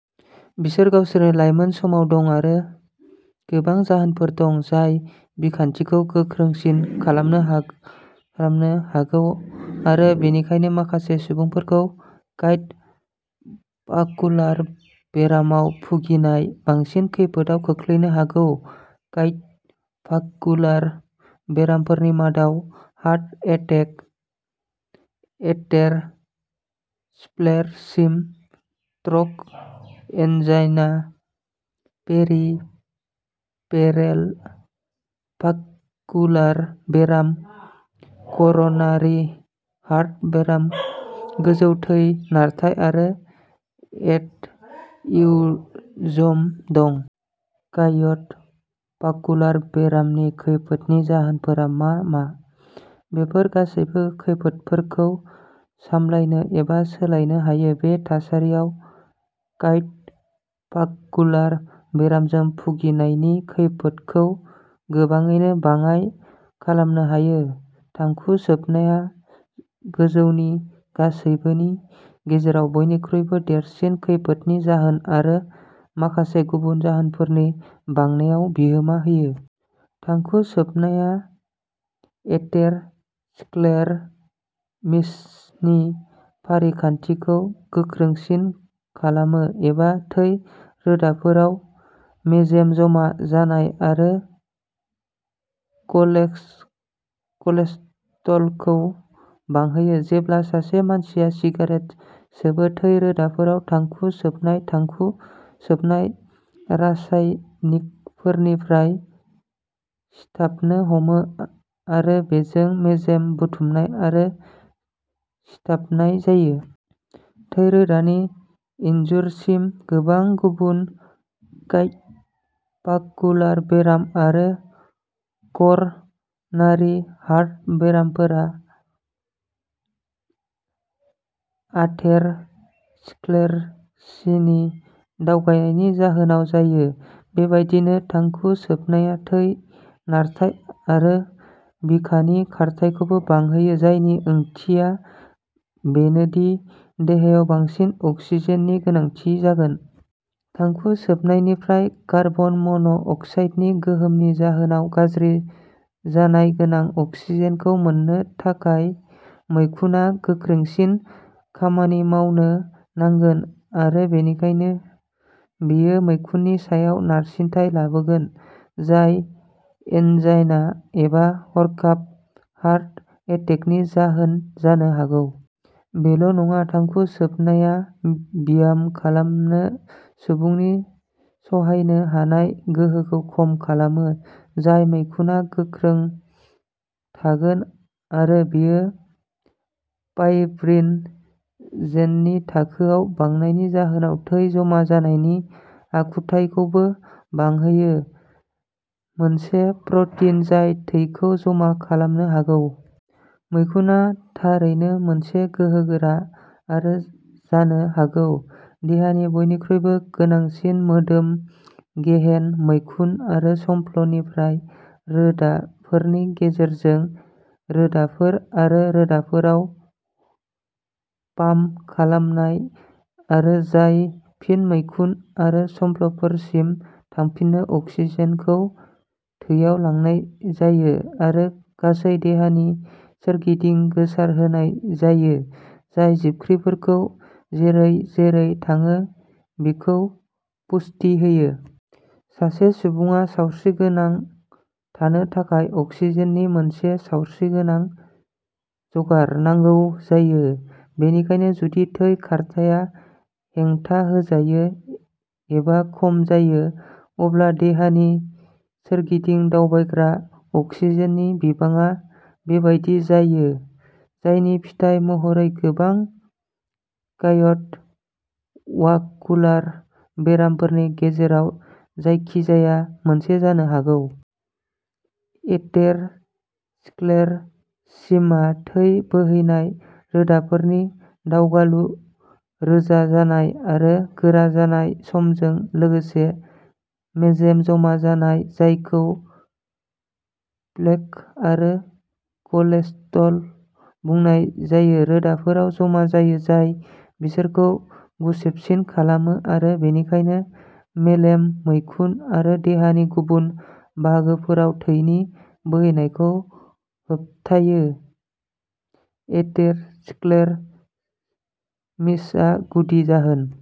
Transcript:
बिसोर गावसोरनि लायमोन समाव दं आरो गोबां जाहोनफोर दं जाय बिखान्थिखौ गोख्रैसिन खालामनो हागौ आरो बेनिखायनो माखासे सुबुंफोरखौ कार्डिय'भास्कुलार बेरामाव भुगिनाय बांसिन खैफोदाव खोख्लैनो हागौ। कार्डिय'भास्कुलार बेरामफोरनि मादाव heart attack, atherosclerosis, stroke, angina, peripheral vascular बेराम, कर'नारि हार्ट बेराम, गोजौ थै नारथाय आरो ए'र्टा एन्युरिज्म दं। कार्डिय'भास्कुलार बेरामनि खैफोदनि जाहोनफोरा मा मा? बेफोर गासैबो खैफोदफोरखौ सामलायनो एबा सोलायनो हायो, बे थासारियाव कार्डिय'भास्कुलार बेरामजों भुगिनायनि खैफोदखौ गोबाङैनो बाङाय खालामनो हायो। थांखु सोबनाया गोजौनि गासैबोनि गेजेराव बयनिख्रुइबो देरसिन खैफोदनि जाहोन आरो माखासे गुबुन जाहोनफोरनि बांनायावबो बिहोमा होयो। थांखु सोबनाया एथेर'स्क्लेर'सिसनि फारिखान्थिखौ गोख्रैसिन खालामो, एबा थै रोदाफोराव मेजेम जमा जानाय आरो कलेस्ट्रलखौ बांहोयो। जेब्लानो सासे मानसिया सिगारेट सोबो, थै रोदाफोरा थांखु सोबनाय थांखु सोबनाय रासायनिकफोरनिफ्राय सिथाबनो हमो आरो बेजों मेजेम बुथुमनाय आरो सिथाबनाय जायो। थै रोदानि इन्जुरसिम। गोबां गुबुन कार्डिय "भास्कुलार बेराम आरो कर" नारि हार्ट बेरामफोरा आथेर "स्क्लेरसिसनि दावगानायनि जाहोनाव जायो। बेबायदिनो थांखु सोबनाया थै नारथाय आरो बिखानि खारथाइखौबो बांहोयो जायनि ओंथिया बेनोदि देहाया बांसिन अक्सिजेननि गोनांथि जागोन। थांखु सोबनायनिफ्राय कार्बन मन" अक्साइडनि गोहोमनि जाहोनाव गाज्रि जगायनाय गोनां अक्सिजेनखौ मोननो थाखाय मैखुना गोख्रैसिन खामानि मावनो नांगोन आरो बेनिखायनो बेयो मैखुननि सायाव नारसिनथाय लाबोगोन, जाय एन्जाइना एबा हरखाब हार्ट एटेकनि जाहोन जानो हागौ। बेल "नङा, थांखु सोबनाया ब्याम खालामनो सुबुंनि सहायनो हानाय गोहोखौ खम खालामो, जाय मैखुना गोख्रों थागोन आरो बेयो फाइब्रिन" जेननि थाखोआ बांनायनि जाहोनाव थै जमा जानायनि आखुथायखौबो बांहोयो, मोनसे प्रटिन जाय थैखौ जमा खालामनो हागौ। मैखुना थारैनो मोनसे गोहोगोरा आरो जानो हागौ देहानि बयनिख्रुइबो गोनांसिन मोदोम गेहेन। मैखुन आरो संफ्लनिफ्राय रोदाफोरनि गेजेरजों रोदाफोर आरो रोदाफोर आव पाम्प खालामनाय जायो, जाय फिन मैखुन आरो संफ्लफोरसिम थांफिनो। अक्सिजेनखौ थैयाव लांनाय जायो आरो गासै देहानि सोरगिदिं गोसारहोनाय जायो, जाय जिबख्रिफोरखौ जेरै-जेरै थाङो बेखौ पुष्टि होयो। सासे सुबुङा सावस्रिगोनां थानो थाखाय अक्सिजेननि मोनसे सावस्रिगोनां जगार नांगौ जायो। बेनिखायनो जुदि थै खारथाया हेंथाहोजायो एबा खम जायो, अब्ला देहानि सोरगिदिं दावबायग्रा अक्सिजेननि बिबाङा बेबादि जायो, जायनि फिथाय महरै गोबां कार्डिय'वास्कुलार बेरामफोरनि गेजेराव जायखिजाया मोनसे जानो हागौ। एथेर'स्क्लेर'सिसआ थै बोहैनाय रोदाफोरनि दावगालु रोजा जानाय आरो गोरा जानाय। समजों लोगोसे, मेजेम जमा जानाय, जायखौ प्लेक आरो कलेस्ट्रल बुंनाय जायो, रोदाफोराव जमा जायो, जाय बिसोरखौ गुसेबसिन खालामो आरो बेनिखायनो मेलेम, मैखुन आरो देहानि गुबुन बाहागोफोराव थैनि बोहैनायखौ होबथायो। एथेर'स्क्लेर'सिसआ गुदि जाहोन।